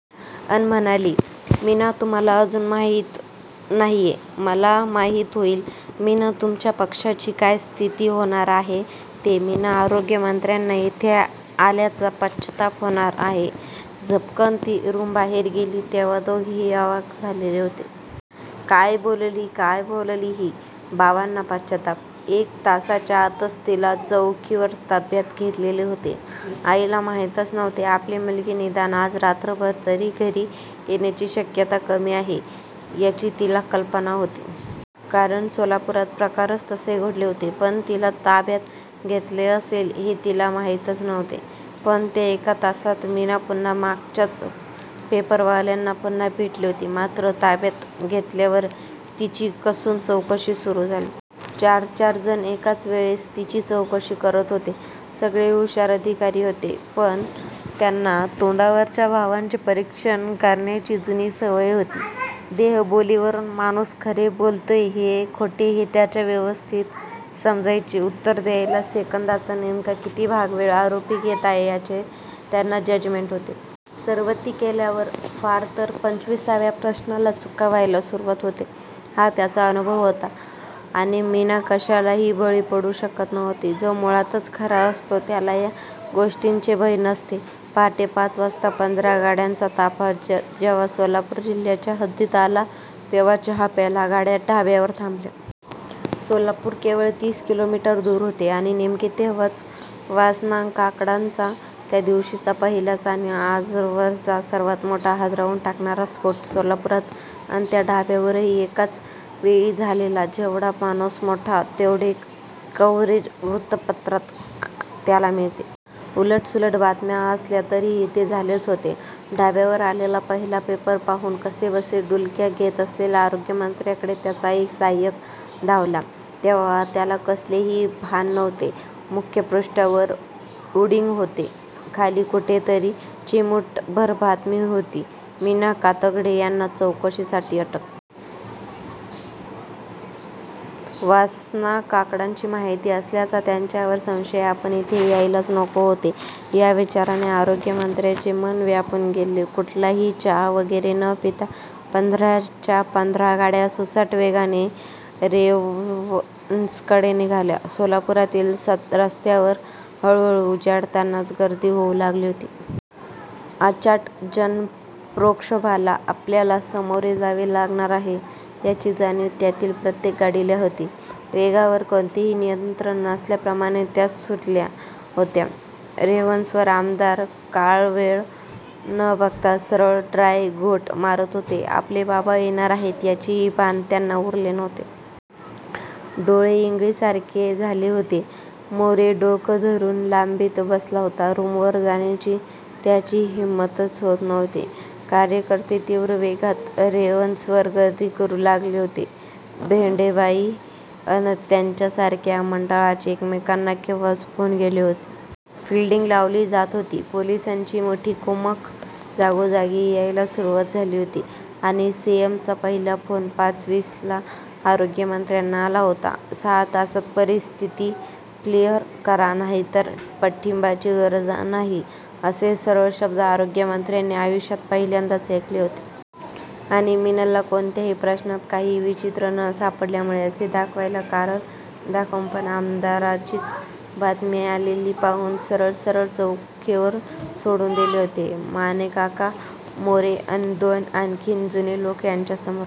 अन म्हणाली: मीना तुम्हाला अजून माहीत नाहीये. उद्या माहीत होईल. मीना तुमच्या पक्षाची काय स्थिती होणार आहे ते, मीना आरोग्यमंत्र्यांना. इथे आल्याचा पश्चात्ताप होणार आहे. झपकन ती रूमबाहेर गेली तेव्हा दोघेही अवाक झालेले होते. काय बोलली? काय बोलली ही? बाबांना पश्चात्ताप? एक तासाच्या आतच तिला चौकीवर ताब्यात घेतलेले होते. आईला माहीतच नव्हते. आपली मुलगी निदान आज रात्रभर तरी घरी येण्याची शक्यता कमी आहे याची तिला कल्पना होती. कारण सोलापुरात प्रकारच तसे घडले होते. पण तिला ताब्यात घेतले असेल हे तिला माहीतच नव्हते. पण त्या एक तासात मीना पुन्हा मगाचच्याच पेपरवाल्यांना पुन्हा भेटली होती. मात्र ताब्यात घेतल्यावर तिची कसून चौकशी सुरू झाली. चारचार जण एकाच वेळेस तिची चौकशी करत होते. सगळे हुषार अधिकारी होते. त्यांना तोंडावरच्या भावांचे परीक्षण करण्याची जुनी सवय होती. देहबोलीवरून माणूस खरे बोलतोय की खोटे हे त्यांना व्यवस्थित समजायचे. उत्तर द्यायला सेकंदाचा नेमका किती भाग वेळ आरोपी घेत आहे याचे त्यांना जजमेंट होते. सरबत्ती केल्यावर फ़ार तर पंचविसाव्या प्रश्नाला चुका व्हायला सुरुवात होते हा त्यांचा अनुभव होता. आणि मीना कशालाही बळी पडू शकत नव्हती. जो मुळातच खरा असतो त्याला या गोष्टींचे भय नसते. पहाटे पाच वाजता पंधरा गाड्यांचा ताफ़ा जेव्हा सोलापूर जिल्ह्याच्या हद्दीत आला तेव्हा चहा प्यायला गाड्या ढाब्यावर थांबल्या. सोलापूर केवळ तीस किलोमीटर दूर होते. आणि नेमके तेव्हाच, वासनाकांडाचा त्या दिवशीचा पहिलाच आणि आजवरचा सर्वात मोठा हादरवून टाकणारा स्फ़ोट सोलापुरात अन त्या ढाब्यावरही एकाचवेळी झाला. जेवढा माणूस मोठा. तेवढे कव्हरेज वृत्तपत्रात त्याला मिळते. उलटसुलट बातम्या असल्या तरीही, ते झालेच होते. ढाब्यावर आलेला पहिला पेपर पाहून कसेबसे डुलक्या घेत असलेल्या आरोग्यमंत्र्यांकडे त्यांचा एक सहाय्यक धावला तेव्हा त्याला कसलेही भान नव्हते. मुखपृष्ठावर हेडिंग होते.खाली कुठेतरी चिमूटभर बातमी होती. मीना कातगडे यांना चौकशीसाठी अटक.. वासनाकांडाची माहिती असल्याचा त्यांच्यावर संशय आपण इथे यायलाच नको होते या विचाराने आरोग्यमंत्र्यांचे मन व्यापून गेले. कुठलाही चहा वगैरे न पिता पंधराच्या पंधरा गाड्या सुसाट वेगाने रेव्हन्सकडे निघाल्या. सोलापुरातील रस्त्यावर हळूहळू उजाडतानाच गर्दी होऊ लागली होती. अचाट जनप्रक्षोभाला आपल्याला सामोरे जावे लागणार आहे याची जाणीव त्यातील प्रत्येक गाडीला होती. वेगावर कोणतेही नियंत्रण नसल्याप्रमाणे त्या सुटल्या होत्या. रेव्हन्सवर आमदार काळवेळ न बघता सरळ ड्राय घोट मारत होते. आपले बाबा येणार आहेत याचेही भान त्यांना उरले नव्हते. डोळे इंगळीसारखे झाले होते. मोरे डोकं धरून लॊबीत बसला होता. रूमवर जाण्याची त्याची हिंमतच होत नव्हती. कार्यकर्ते तीव्र वेगात रेव्हन्सवर गर्दी करू लागले होते. भेंडेबाई अन त्यांच्यासारख्या मंडळांचे एकमेकांना केव्हाच फ़ोन गेले होते. फ़िल्डींग लावली जात होती. पोलिसांची मोठी कुमक जागोजागी यायला सुरुवात झाली होती. आणि सी. एम. चा पहिला फ़ोन पाच वीसला आरोग्यमंत्र्यांना आला होता. सहा तासात परिस्थिती क्लीअर करा नाहीतर पाठिंब्याची गरज नाही असे सरळ शब्द आरोग्यमंत्र्यांनी आयुष्यात पहिल्यांदाच ऐकले होते. आणि मीनाला,'कोणत्याही प्रश्नात काहीही विचित्र न सापडल्यामुळे' असे दाखवायला कारण दाखवून पण आमदारांचीच बातमी आलेली पाहून सरळ-सरळ चौकीवरून सोडून दिले होते. मानेकाका, मोरे अन दोन आणखीन जुने लोक यांच्यासमोर.